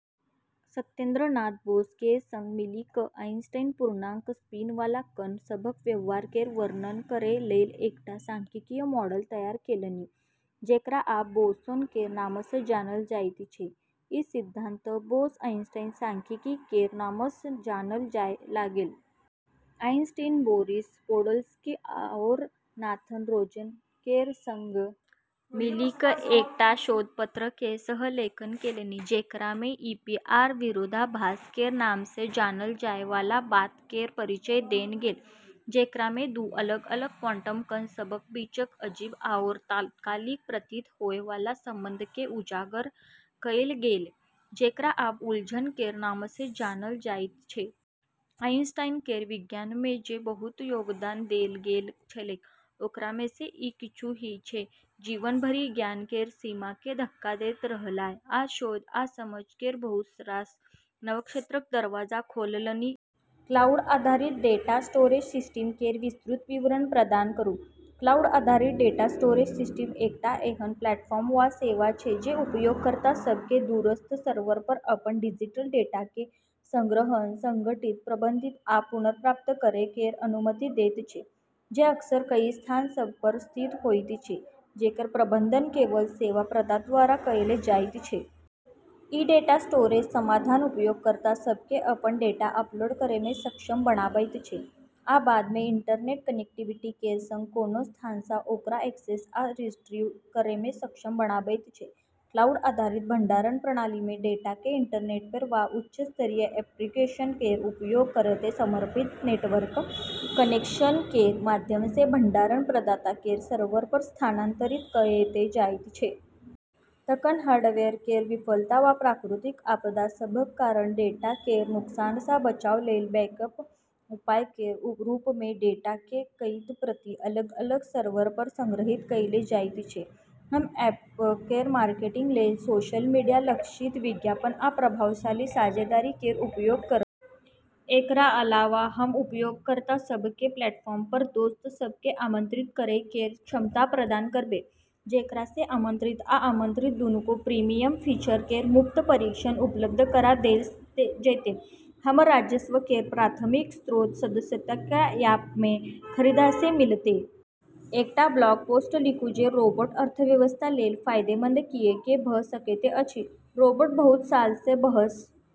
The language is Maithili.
सत्येन्द्र नाथ बोस केर संग मिलि कऽ आइंस्टीन पूर्णांक स्पिनवाला कण सभक व्यवहार केर वर्णन करै लेल एकटा सांख्यिकीय मॉडल तैयार केलनि, जेकरा आब 'बोसोन' केर नामसँ जानल जाइत छै। ई सिद्धांत 'बोस-आइंस्टीन सांख्यिकी' केर नामसँ जानल जाए लागल। आइंस्टीन बोरिस पोडोल्स्की आओर नाथन रोजन केर संग मिलि कऽ एकटा शोध पत्र केर सह-लेखन केलनि, जेकरामे "ईपीआर विरोधाभास" केर नामसँ जानल जाएवाला बात केर परिचय देल गेलै, जेकरामे दू अलग-अलग क्वांटम कण सभक बीचक अजीब आओर तात्कालिक प्रतीत होएवाला संबंधकेँ उजागर कएल गेलै, जेकरा आब उलझन केर नामसँ जानल जाइत छै। आइंस्टीन केर विज्ञानमे जे बहुत योगदान देल गेल छलैक, ओकरामेसँ ई किछु ही छै। जीवन भरि ज्ञान केर सीमाकेँ धक्का दैत रहलाह आ शोध आ समझ केर बहुत रास नव क्षेत्रक दरवाजा खोललनि। क्लाउड आधारित डेटा स्टोरेज सिस्टम केर विस्तृत विवरण प्रदान करू। क्लाउड आधारित डेटा स्टोरेज सिस्टम एकटा एहन प्लेटफॉर्म वा सेवा छै जे उपयोगकर्ता सभकेँ दूरस्थ सर्वरपर अपन डिजिटल डेटाकेँ संग्रहण, संगठित, प्रबंधित आ पुनर्प्राप्त करै केर अनुमति दैत छै जे अक्सर कई स्थान सभपर स्थित होइत छै, जेकर प्रबंधन केवल सेवा प्रदाताद्वारा कएल जाइत छै। ई डेटा स्टोरेज समाधान उपयोगकर्ता सभकेँ अपन डेटा अपलोड करैमे सक्षम बनाबैत छै आ बादमे इंटरनेट कनेक्टिविटी केर संग कोनो स्थानसँ ओकरा एक्सेस आ रिट्रीव करैमे सक्षम बनाबैत छै। क्लाउड आधारित भंडारण प्रणालीमे, डेटाकेँ इंटरनेटपर वा उच्च स्तरीय एन्क्रिप्शन केर उपयोग करैत समर्पित नेटवर्क कनेक्शन केर माध्यमसँ भंडारण प्रदाता केर सर्वरपर स्थानांतरित कएल जाइत छै। तखन हार्डवेयर केर विफलता वा प्राकृतिक आपदा सभक कारण डेटा केर नुकसानसँ बचाव लेल बैकअप उपाय केर रूपमे डेटाकेँ कईटा प्रति अलग-अलग सर्वरपर संग्रहित कएल जाइत छै। हम ऐप केर मार्केटिंग लेल सोशल मीडिया, लक्षित विज्ञापन, आ प्रभावशाली साझेदारी केर उपयोग करब। एकरा अलावा, हम उपयोगकर्ता सभकेँ प्लेटफॉर्मपर दोस्त सभकेँ आमंत्रित करै केर क्षमता प्रदान करबै, जेकरासँ आमंत्रित आ आमंत्रित दूनूकेँ प्रीमियम फीचर केर मुफ्त परीक्षण उपलब्ध करा देल जैतै। हमर राजस्व केर प्राथमिक स्रोत सदस्यता आ ऐपमे खरीदारीसँ मिलतै। एकटा ब्लॉग पोस्ट लिखू जे रोबोट अर्थव्यवस्था लेल फायदेमंद किऐक भऽ सकैत अछि। रोबोट बहुत सालसँ बहस।